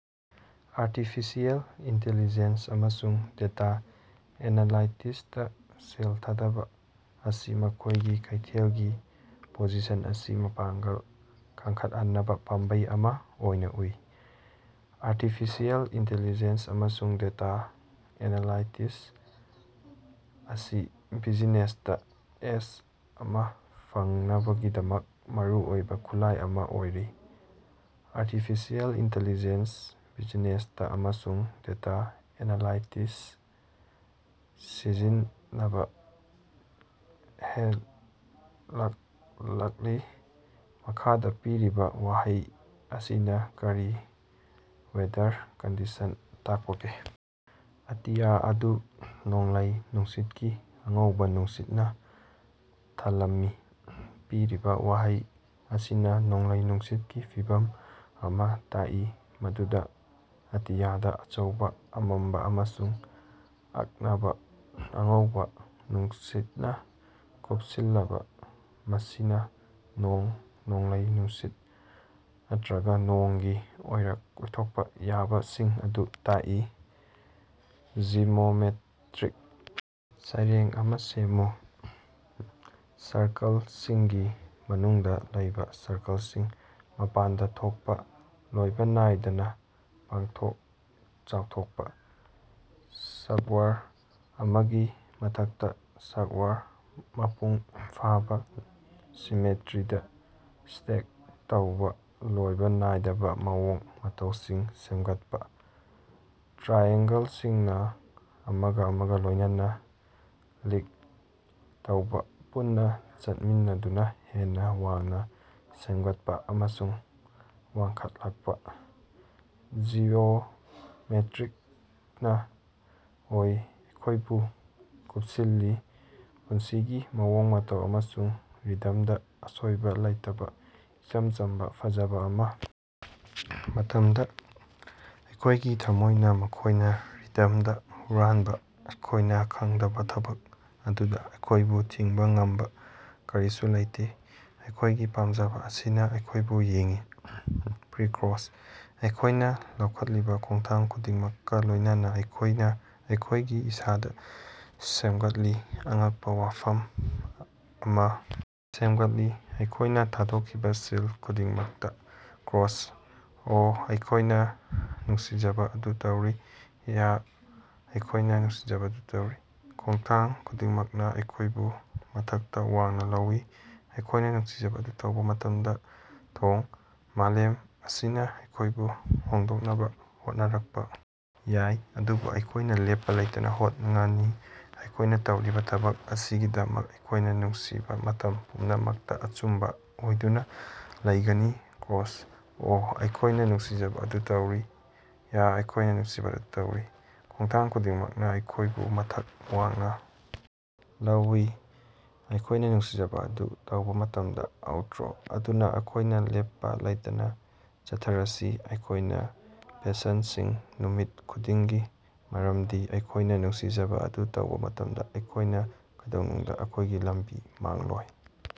Artificial intelligence ꯑꯃꯁꯨꯡ data ꯑꯦꯅꯂꯥꯏꯇꯤꯛꯁꯇ ꯁꯦꯜ ꯊꯥꯗꯕ ꯑꯁꯤ ꯃꯈꯣꯏꯒꯤ ꯀꯩꯊꯦꯜꯒꯤ ꯄꯣꯖꯤꯁꯟ ꯑꯁꯤ ꯃꯄꯥꯡꯒꯜ ꯀꯟꯈꯠꯍꯟꯅꯕ ꯄꯥꯝꯕꯩ ꯑꯃꯥ ꯑꯣꯏꯅ ꯎꯏ꯫ ꯑꯥꯔꯇꯤꯐꯤꯁꯤꯑꯦꯜ ꯏꯟꯇꯦꯜꯂꯤꯖꯦꯟꯁ ꯑꯃꯁꯨꯡ ꯗꯦꯇꯥ ꯑꯦꯅꯥꯂꯥꯏꯇꯤꯛꯁ ꯑꯁꯤ ꯕꯤꯖꯤꯅꯦꯁꯇ ꯑꯦꯖ ꯑꯃ ꯐꯪꯅꯕꯒꯤꯗꯃꯛ ꯃꯔꯨꯑꯣꯏꯕ ꯈꯨꯠꯂꯥꯏ ꯑꯃꯥ ꯑꯣꯏꯔ꯫ ꯑꯥꯔꯇꯤꯐꯤꯁꯤꯑꯦꯜ ꯏꯟꯇꯦꯜꯂꯤꯖꯦꯟꯁ ꯕꯤꯖꯤꯅꯦꯁꯇ ꯑꯃꯁꯨꯡ ꯗꯦꯇꯥ ꯑꯦꯅꯥꯂꯥꯏꯇꯤꯛꯁ ꯁꯤꯖꯤꯟꯅꯕ ꯍꯦꯉꯠꯂꯛꯂꯤ꯫ ꯃꯈꯥꯗꯥ ꯄꯤꯔꯤꯕ ꯋꯥꯍꯩ ꯑꯁꯤꯅ ꯀꯔꯤ ꯋꯦꯗꯔ ꯀꯟꯗꯤꯁꯟ ꯇꯥꯛꯄꯒꯦ? ꯑꯇꯤꯌꯥ ꯑꯗꯨ ꯅꯣꯡꯂꯩ ꯅꯨꯡꯁꯤꯠꯀꯤ ꯑꯉꯧꯕ ꯅꯨꯡꯁꯤꯠꯅ ꯊꯜꯂꯝꯃꯤ꯫ ꯄꯤꯔꯤꯕ ꯋꯥꯍꯩ ꯑꯁꯤꯅ ꯅꯣꯡꯂꯩ-ꯅꯨꯡꯁꯤꯠꯀꯤ ꯐꯤꯚꯝ ꯑꯃ ꯇꯥꯛꯏ ꯃꯗꯨꯗ ꯑꯇꯤꯌꯥꯗ ꯑꯆꯧꯕ, ꯑꯃꯝꯕ ꯑꯃꯁꯨꯡ ꯑꯛꯅꯕ ꯑꯉꯧꯕ ꯅꯨꯡꯁꯤꯠꯅ ꯀꯨꯞꯁꯤꯜꯂꯕ, ꯃꯁꯤꯅ ꯅꯣꯡ, ꯅꯣꯡꯂꯩ-ꯅꯨꯡꯁꯤꯠ ꯅꯠꯇꯔꯒ ꯅꯣꯡꯒꯤ ꯑꯣꯏꯊꯣꯛꯄ ꯌꯥꯕꯁꯤꯡ ꯑꯗꯨ ꯇꯥꯛꯏ꯫ ꯖꯤꯑꯣꯃꯦꯇꯔꯤꯛ ꯁꯩꯔꯦꯡ ꯑꯃꯥ ꯁꯦꯝꯃꯨ꯫ ꯁꯔꯀꯜꯁꯤꯡꯒꯤ ꯃꯅꯨꯡꯗ ꯂꯩꯕ ꯁꯔꯀꯜꯁꯤꯡ, ꯃꯄꯥꯟꯗ ꯊꯣꯛꯄ, ꯂꯣꯏꯕ ꯅꯥꯏꯗꯅ ꯄꯥꯛꯊꯣꯛ ꯆꯥꯎꯊꯣꯛꯄ꯫ ꯁꯀ꯭ꯋꯥꯔ ꯑꯃꯒꯤ ꯃꯊꯛꯇꯥ ꯁꯀ꯭ꯋꯥꯔ, ꯃꯄꯨꯡ ꯐꯥꯕꯥ ꯁꯤꯃꯦꯇꯔꯤꯗ ꯁ꯭ꯇꯦꯛ ꯇꯧꯕ, ꯂꯣꯏꯕꯥ ꯅꯥꯏꯗꯕ ꯃꯑꯣꯡ ꯃꯇꯧꯁꯤꯡ ꯁꯦꯃꯒꯠꯄꯥ꯫ ꯇ꯭ꯔꯥꯏꯑꯦꯡꯒꯜꯁꯤꯡꯅ ꯑꯃꯒ ꯑꯃꯒ ꯂꯣꯏꯅꯅ ꯂꯤꯡꯛ ꯇꯧꯕ, ꯄꯨꯟꯅ ꯆꯠꯃꯤꯟꯅꯗꯨꯅ, ꯍꯦꯟꯅ ꯋꯥꯡꯅ ꯁꯦꯃꯒꯠꯄ ꯑꯃꯁꯨꯡ ꯋꯥꯡꯈꯠꯂꯛꯄ꯫ ꯖꯤꯑꯣꯃꯦꯇꯔꯤꯅ ꯑꯩꯈꯣꯏꯕꯨ ꯀꯨꯞꯁꯤꯜꯂꯤ, ꯄꯨꯟꯁꯤꯒꯤ ꯃꯑꯣꯡ ꯃꯇꯧ ꯑꯃꯁꯨꯡ ꯔꯤꯗꯝꯗ, ꯑꯁꯣꯏꯕ ꯂꯩꯇꯕ, ꯏꯆꯝ ꯆꯝꯕ ꯐꯖꯕ ꯑꯃ꯫। ꯃꯇꯝꯗ꯫ ꯑꯩꯈꯣꯏꯒꯤ ꯊꯝꯃꯣꯏꯅ ꯃꯈꯣꯏꯅ ꯔꯤꯗꯝꯗ ꯍꯨꯔꯥꯟꯕ ꯑꯩꯈꯣꯏꯅ ꯈꯪꯗꯕ ꯊꯕꯛ ꯑꯗꯨꯗ, ꯑꯩꯈꯣꯏꯕꯨ ꯊꯤꯡꯕ ꯉꯝꯕ ꯀꯔꯤꯁꯨ ꯂꯩꯇꯦ, ꯑꯩꯈꯣꯏꯒꯤ ꯄꯥꯝꯖꯕ ꯑꯁꯤꯅ ꯑꯩꯈꯣꯏꯕꯨ ꯌꯦꯡꯏ꯫ ꯄ꯭ꯔꯤ-ꯀꯣꯔꯁ: ꯑꯩꯈꯣꯏꯅ ꯂꯧꯈꯠꯂꯤꯕ ꯈꯣꯡꯊꯥꯡ ꯈꯨꯗꯤꯡꯃꯛꯀ ꯂꯣꯏꯅꯅ, ꯑꯩꯈꯣꯏꯅ ꯑꯩꯈꯣꯏꯒꯤ ꯏꯁꯥꯗ ꯁꯦꯃꯒꯠꯂꯤ, ꯑꯉꯛꯄ ꯋꯥꯐꯝ ꯑꯃ ꯁꯦꯃꯒꯠꯂꯤ, ꯑꯩꯈꯣꯏꯅ ꯊꯥꯗꯣꯛꯈꯤꯕ ꯁꯤꯜ ꯈꯨꯗꯤꯡꯃꯛꯇ꯫ ꯀꯣꯔꯁ: ꯑꯣꯍ ꯑꯩꯈꯣꯏꯅ ꯅꯨꯡꯁꯤꯖꯕ ꯑꯗꯨ ꯇꯧꯔꯤ, ꯌ꯭ꯍ ꯑꯩꯈꯣꯏꯅ ꯅꯨꯡꯁꯤꯖꯕ ꯑꯗꯨ ꯇꯧꯔꯤ, ꯈꯣꯉꯊꯥꯡ ꯈꯨꯗꯤꯡꯃꯛꯅ ꯑꯩꯈꯣꯏꯕꯨ ꯃꯊꯛꯇ ꯋꯥꯡꯅ ꯂꯧꯏ, ꯑꯩꯈꯣꯏꯅ ꯅꯨꯡꯁꯤꯖꯕ ꯑꯗꯨ ꯇꯧꯕ ꯃꯇꯝꯗ꯫ ꯊꯣꯡ: ꯃꯥꯂꯦꯝ ꯑꯁꯤꯅ ꯑꯩꯈꯣꯏꯕꯨ ꯍꯣꯡꯗꯣꯛꯅꯕ ꯍꯣꯠꯅꯔꯛꯄ ꯌꯥꯏ, ꯑꯗꯨꯕꯨ ꯑꯩꯈꯣꯏꯅ ꯂꯦꯞꯄ ꯂꯩꯇꯅ ꯍꯣꯠꯉꯅꯤ, ꯑꯩꯈꯣꯏꯅ ꯇꯧꯔꯤꯕ ꯊꯕꯛ ꯑꯁꯤꯒꯤꯗꯃꯛ ꯑꯩꯈꯣꯏꯒꯤ ꯅꯨꯡꯁꯤꯕ, ꯃꯇꯝ ꯄꯨꯝꯅꯃꯛꯇ ꯑꯆꯨꯝꯕ ꯑꯣꯏꯗꯨꯅ ꯂꯩꯒꯅꯤ꯫ ꯀꯣꯔꯁ: ꯑꯣꯍ ꯑꯩꯈꯣꯏꯅ ꯅꯨꯡꯁꯤꯖꯕ ꯑꯗꯨ ꯇꯧꯔꯤ, ꯌ꯭ꯍ ꯑꯩꯈꯣꯏꯅ ꯅꯨꯡꯁꯤꯖꯕ ꯑꯗꯨ ꯇꯧꯔꯤ, ꯈꯣꯡꯊꯥꯡ ꯈꯨꯗꯤꯡꯃꯛꯅ ꯑꯩꯈꯣꯏꯕꯨ ꯃꯊꯛꯇ ꯋꯥꯡꯅ ꯂꯧꯏ, ꯑꯩꯈꯣꯏꯅ ꯅꯨꯡꯁꯤꯖꯕ ꯑꯗꯨ ꯇꯧꯕ ꯃꯇꯝꯗ꯫ ꯑꯥꯎꯇ꯭ꯔꯣ: ꯑꯗꯨꯅ ꯑꯩꯈꯣꯌꯅꯥ ꯂꯦꯞꯄꯥ ꯂꯩꯇꯅꯥ ꯆꯠꯊꯔꯁꯤ, ꯑꯩꯈꯣꯏꯒꯤ ꯄꯦꯁꯟꯁꯤꯡ ꯅꯨꯃꯤꯠ ꯈꯨꯗꯤꯡꯒꯤ, ꯃꯔꯝꯗꯤ ꯑꯩꯈꯣꯏꯅ ꯅꯨꯡꯁꯤꯖꯕ ꯑꯗꯨ ꯇꯧꯕ ꯃꯇꯝꯗ, ꯑꯩꯈꯣꯏꯅ ꯀꯩꯗꯧꯅꯨꯡꯗ ꯑꯩꯈꯣꯏꯒꯤ ꯂꯝꯕꯤ ꯃꯥꯡꯂꯣꯏ꯫